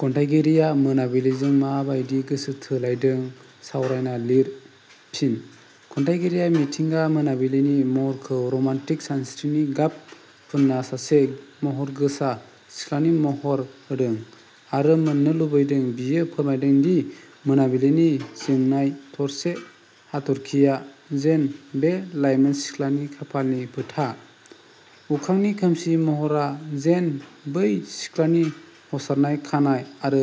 खन्थाइगिरिया मोनाबिलिजों माबादि गोसो थोलायदों सावरायना लिर। फिनः खन्थाइगिरिया मिथिंगा गोनाबिलिनि महरखौ रमान्टिक सानस्रिनि गाब फुनना सासे गहरगोसा सिख्लानि महर होदों आरो मोननो लुबैदों बियो फोरमायदोंदि मोनाबिलिनि जोंनाय थरसे हाथर्खिया जेन 'बे लाइमोन सिख्लानि खाफालनि फोथा, अख्रांनि खोमसि महरा जेन' बै सिख्लानि हसारनाय खानाय आरो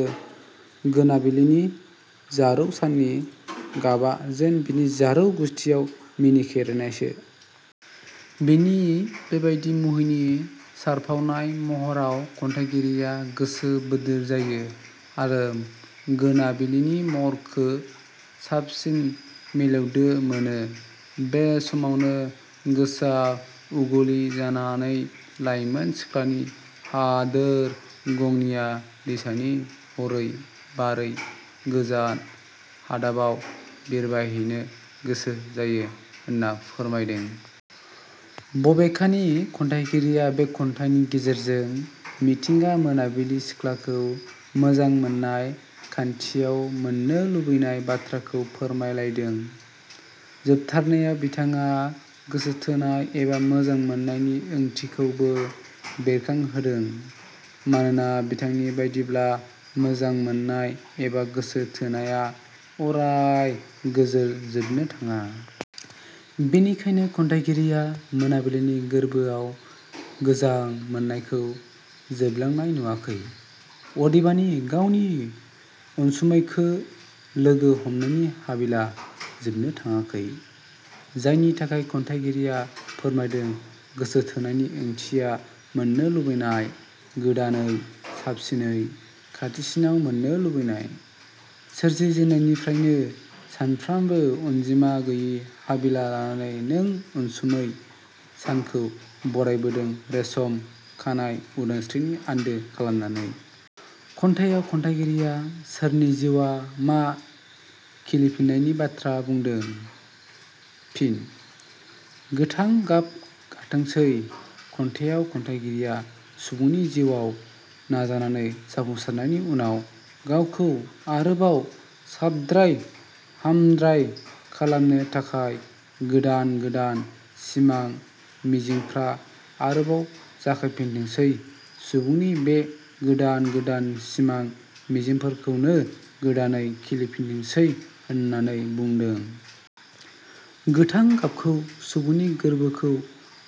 गोनाबिलिनि जारों साननि गाबा जेन बिनि जारौ गुस्थियाव मिनिखेरेनायसो। बिनि बेबादि मुहिनि सारफावनाय महराव खन्थाइगिरिया गोसो बोदोर जायो आरो गोनाबिलिनि महरखो साबसिन मेलेवदो मोनो बे समावनो गोसा उगवलि जानानै लाइमोन सिख्लानि हादोर गंनिया दैसानि हरै बारै गोजान हादाबाव बिरबायहैनो गोसो जायो होनना फोरमायदों। बबेखानि खन्थाइगिरिया बे खन्थाइनि गेजेरजों मिथिंगा मोनाबिलि सिख्लाखौ मोजां मोननाय खानथियाव मोननो लुबैनाय बाथ्राखौ फोरमायलादों। जोबथारनायाव बिथाङा गोसोथोनाय एबा मोजां मोननायनि ओंथिखौबो बेरखांहोदों। मानोना बिथांनि बादिब्ला मोजां मोननाय एबा गोसो थोनाया अराय गोजोर जोबनो थाङा। बेनिखायनो खन्थाइगिरिया मोनाबिलिनि गोरबोआव गोजां मोननायखौ जोबलांनाय नुवाखै। अदेबानि गावनि अनसुमैखो लोगो हमनायनि हाबिला जोबनो थाङाखै। जायनि थाखाय खन्थाइगिरिया फोरमायदों गोसोथोनायनि ओंथिया मोननो लुबैनाय, गोदानै, साबसिनै, खाथिसिनाव मोननो लुबैनाय। सोरजि जेननायनिफ्रायनो सानफ्रोमबो अनजिमा गैयि हाबिला लानानै नों अनसुमै सानखौ बरायबोदों रेसम खानायउदांस्रिनि आन्दो खालामनानै। खन्थाइयाव खन्थाइगिरिया सोरनि जिवाव मा खिलिफिननायनि बाथ्रा बुंदों? फिन: गोथां गाब गाथोंसै खन्थाइयाव खन्थाइगिरिया सुबुंनि जिउवाव नाजानानै जाफुंसानायनि उनाव गावखौ आरोबाव साबद्राय हामद्राय खालामनो थाखाय गोदान गोदोन सिमां मिजिंफ्रा आरोबाव जाखांफिनथोंसै, सुबुंनि बे गोदान गोदान सिमां मिजिंफोरखौनो गोदानै खिलिफिनथोंसै होननानै बुंदों। गोथां गाबखौ सुबुंनि गोरबोखौ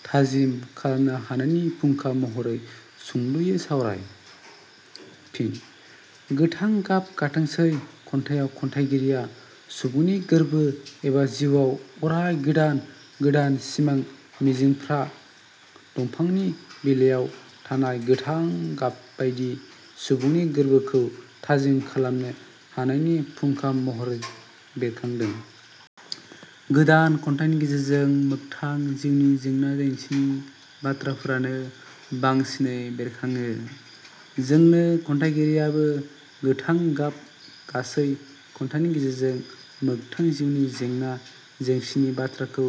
थाजिम खालामनो हानायनि फुंखा महरै सुंदयै सावराय? फिन: 'गोथां गाब गाथोंसै' खन्थाइयाव खन्थाइगिरिया सुबुंनि गोरबो एबा जिउवाव अराय गोदान गोदान सिमां मिजिंफ्रां दंफांनि बिलायाव थानाय गोथां गाबबादि सुबुंनि गोरबोखौ थाजिम खालामनो हानायनि फुंखा महरै बेरखादों। गोदान खन्थाइनि गेजेरजों मोगथां जिउनि जेंना जेंसिनि बाथ्राफोरानो बांसिनै बेरखाङो। जोंनो खन्थाइगिरियाबो गोथां गाब गासै खन्थाइनि गेजेरजों मोगथां जिउनि जेंना जेंसिनि बाथ्राखौ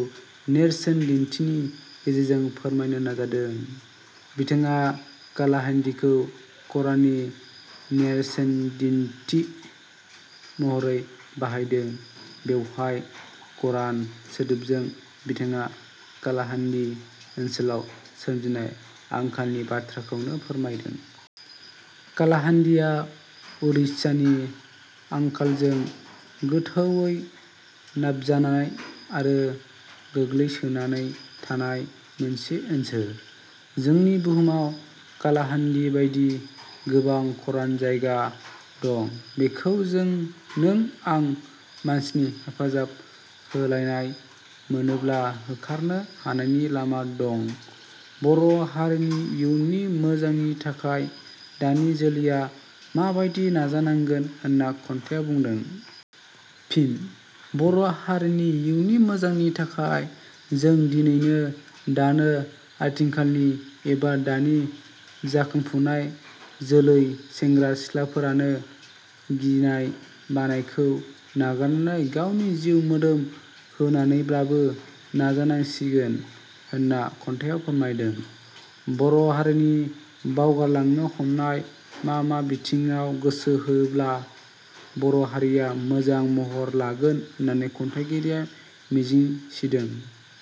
नेरसोन दिन्थिनि गेजेरजों फोरमायनो नाजादों। बिथाङा कालाहान्दिखौ खराननि नेरसेनदिन्थि महरै बाहायदों बेवहाय खरान सोदोबजों बिथाङा कालाहान्दि ओन्सोलाव सोमजिनाय आंखालनि बाथ्राखौनो फोरमायदों। कालाहान्दिया उरिष्यानि आंखालजों गोथौवै नाबजानाय आरो गोग्लैसोनानै थानाय मोनसे ओनसोल। जोंनि बुहुमाव कालाहान्दि बादि, गोबां खरान जायगा दं बेखौ जों नों आं मानसिनि हेफाजाब होलायनाय मोनोब्ला होखारनो हानायनि लामा दं। बर' हारिनि इयुननि मोजांनि थाखाय दानि जोलैया माबादि नाजानांगोन होनना खन्थायाव बुंदों? फिन: बर' हारिनि इउननि मोजांनि थाखाय जों दिनैनो, दानो, आथिखालनि एबा दानि जाखांफुनाय जोलै सेंग्रा-सिख्लाफोरानो गिनाय बानायखौ नागारनानै गावनि जिउ मोदोम होनानैब्लाबो नाजानांसिगोन होनना खन्थाइयाव फोरमायदों। बर' हारिनि बावगारलांनो हमनाय मा मा बिथिङाव गोसो होयोब्ला बर' हारिया मोजां महर लागोन होननानै खन्थाइगिरिया मिजिं सिदों?